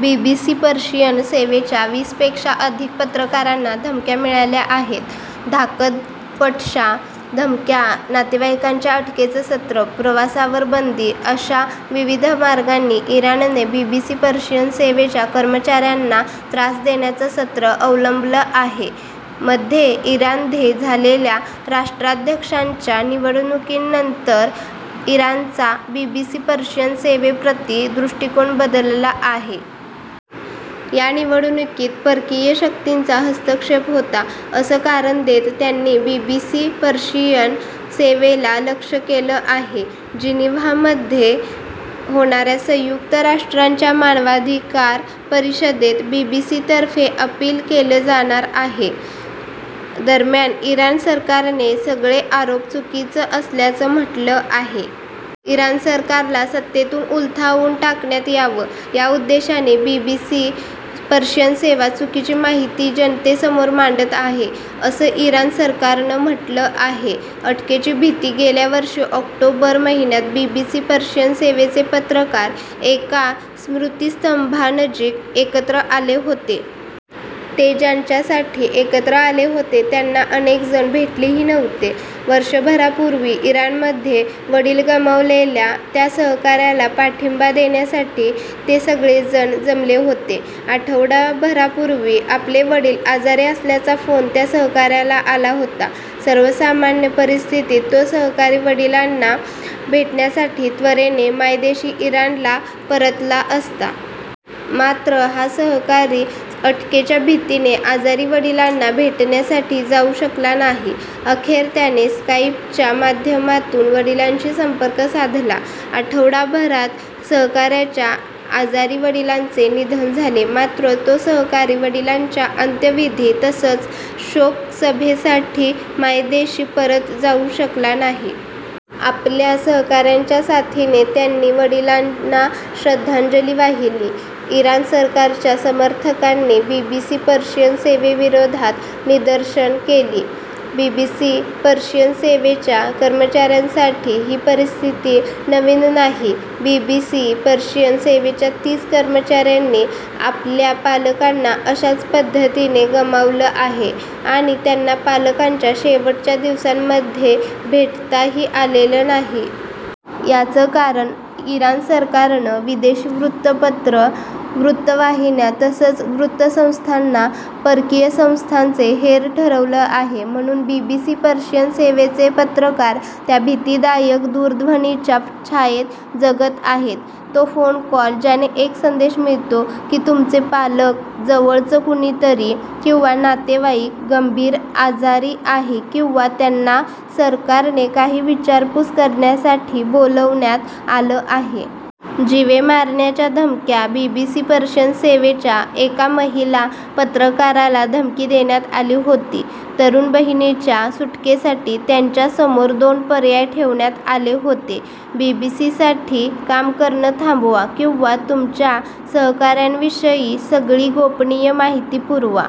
BBC Persian सेवेच्या वीसपेक्षा अधिक पत्रकारांना धमक्या मिळाल्या आहेत. धाकदपटशा, धमक्या, नातेवाईकांच्या अटकेचं सत्र, प्रवासावर बंदी, अशा विविध मार्गांनी इराणने बीबीसी पर्शियन सेवेच्या कर्मचाऱ्यांना त्रास देण्याचं सत्र अवलंबलं आहे. मध्ये इराणध्ये झालेल्या राष्ट्राध्यक्षांच्या निवडणुकीनंतर इराणचा बीबीसी पर्शियन सेवेप्रती दृष्टिकोन बदलला आहे. या निवडणुकीत परकीय शक्तींचा हस्तक्षेप होता असं कारण देत त्यांनी बीबीसी पर्शियन सेवेला लक्ष्य केलं आहे. जिनिव्हामध्ये होणाऱ्या संयुक्त राष्ट्रांच्या मानवाधिकार परिषदेत बीबीसीतर्फे अपील केले जाणार आहे. दरम्यान इराण सरकारने सगळे आरोप चुकीचं असल्याचं म्हटलं आहे. इराण सरकारला सत्तेतून उलथावून टाकण्यात यावं, याउद्देशाने बीबीसी पर्शियन सेवा चुकीची माहिती जनतेसमोर मांडत आहे, असं इराण सरकारनं म्हटलं आहे. अटकेची भीती गेल्या वर्षी ऑक्टोबर महिन्यात बीबीसी पर्शियन सेवेचे पत्रकार एका स्मृतिस्तंभानजीक एकत्र आले होते. ते ज्यांच्यासाठी एकत्र आले होते त्यांना अनेक जण भेटलेही नव्हते. वर्षभरापूर्वी इराणमध्ये वडील गमावलेल्या त्या सहकाऱ्याला पाठिंबा देण्यासाठी ते सगळेजण जमले होते. आठवडाभरापूर्वी आपले वडील आजारी असल्याचा फोन त्या सहकाऱ्याला आला होता. सर्वसामान्य परिस्थितीत तो सहकारी वडिलांना भेटण्यासाठी त्वरेने मायदेशी इराणला परतला असता. मात्र हा सहकारी अटकेच्या भीतीने आजारी वडिलांना भेटण्यासाठी जाऊ शकला नाही. अखेर त्याने स्काइपच्या माध्यमातून वडिलांशी संपर्क साधला. आठवडाभरात सहकाऱ्याच्या आजारी वडिलांचे निधन झाले. मात्र तो सहकारी वडिलांच्या अंत्यविधी तसंच शोकसभेसाठी मायदेशी परत जाऊ शकला नाही. आपल्या सहकाऱ्यांच्या साथीने त्यांनी वडिलांना श्रद्धांजली वाहिली. इराण सरकारच्या समर्थकांनी बीबीसी पर्शियन सेवेविरोधात निदर्शनं केली. बीबीसी पर्शियन सेवेच्या कर्मचाऱ्यांसाठी ही परिस्थिती नवीन नाही. बीबीसी पर्शियन सेवेच्या तीस कर्मचाऱ्यांनी आपल्या पालकांना अशाच पद्धतीने गमावलं आहे आणि त्यांना पालकांच्या शेवटच्या दिवसांमध्ये भेटताही आलेलं नाही. याचं कारण इराण सरकारनं विदेशी वृत्तपत्रं, वृत्तवाहिन्या तसंच वृत्तसंस्थांना परकीय संस्थांचे हेर ठरवलं आहे. म्हणून बीबीसी पर्शियन सेवेचे पत्रकार त्या भीतीदायक दूरध्वनीच्या छायेत जगत आहेत, तो फोन कॉल ज्याने एक संदेश मिळतो की तुमचे पालक, जवळचं कुणीतरी किंवा नातेवाईक गंभीर आजारी आहे किंवा त्यांना सरकारने काही विचारपूस करण्यासाठी बोलवण्यात आलं आहे. जीवे मारण्याच्या धमक्या बीबीसी पर्शियन सेवेच्या एका महिला पत्रकाराला धमकी देण्यात आली होती. तरुण बहिणीच्या सुटकेसाठी त्यांच्यासमोर दोन पर्याय ठेवण्यात आले होते बीबीसीसाठी काम करणं थांबवा किंवा तुमच्या सहकाऱ्यांविषयी सगळी गोपनीय माहिती पुरवा.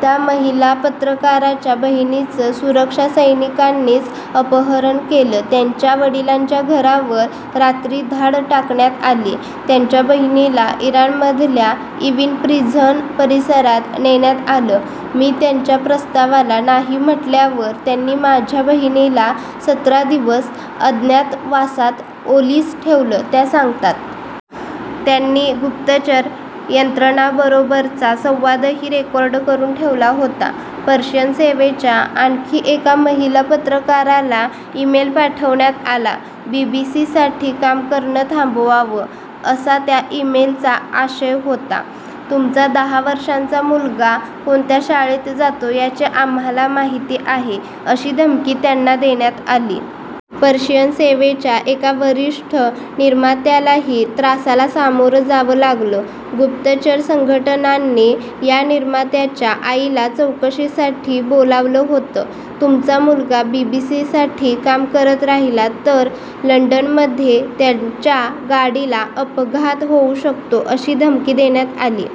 त्या महिला पत्रकाराच्या बहिणीचं सुरक्षा सैनिकांनीच अपहरण केलं. त्यांच्या वडिलांच्या घरावर रात्री धाड टाकण्यात आली. त्यांच्या बहिणीला इराणमधल्या इव्हिन प्रिझन परिसरात नेण्यात आलं. "मी त्यांच्या प्रस्तावाला नाही म्हटल्यावर त्यांनी माझ्या बहिणीला सतरा दिवस अज्ञातवासात ओलीस ठेवलं त्या सांगतात. त्यांनी गुप्तचर यंत्रणांबरोबरचा संवादही रेकॉर्ड करून ठेवला होता. पर्शियन सेवेच्या आणखी एका महिला पत्रकाराला इमेल पाठवण्यात आला. बीबीसीसाठी काम करणं थांबवावं, असा त्या इमेलचा आशय होता. तुमचा दहा वर्षांचा मुलगा कोणत्या शाळेत जातो याची आम्हाला माहिती आहे अशी धमकी त्यांना देण्यात आली. पर्शियन सेवेच्या एका वरिष्ठ निर्मात्यालाही त्रासाला सामोरं जावं लागलं. गुप्तचर संघटनांनी या निर्मात्याच्या आईला चौकशीसाठी बोलावलं होतं. तुमचा मुलगा बीबीसीसाठी काम करत राहिला तर लंडनमध्ये त्यांच्या गाडीला अपघात होऊ शकतो अशी धमकी देण्यात आली.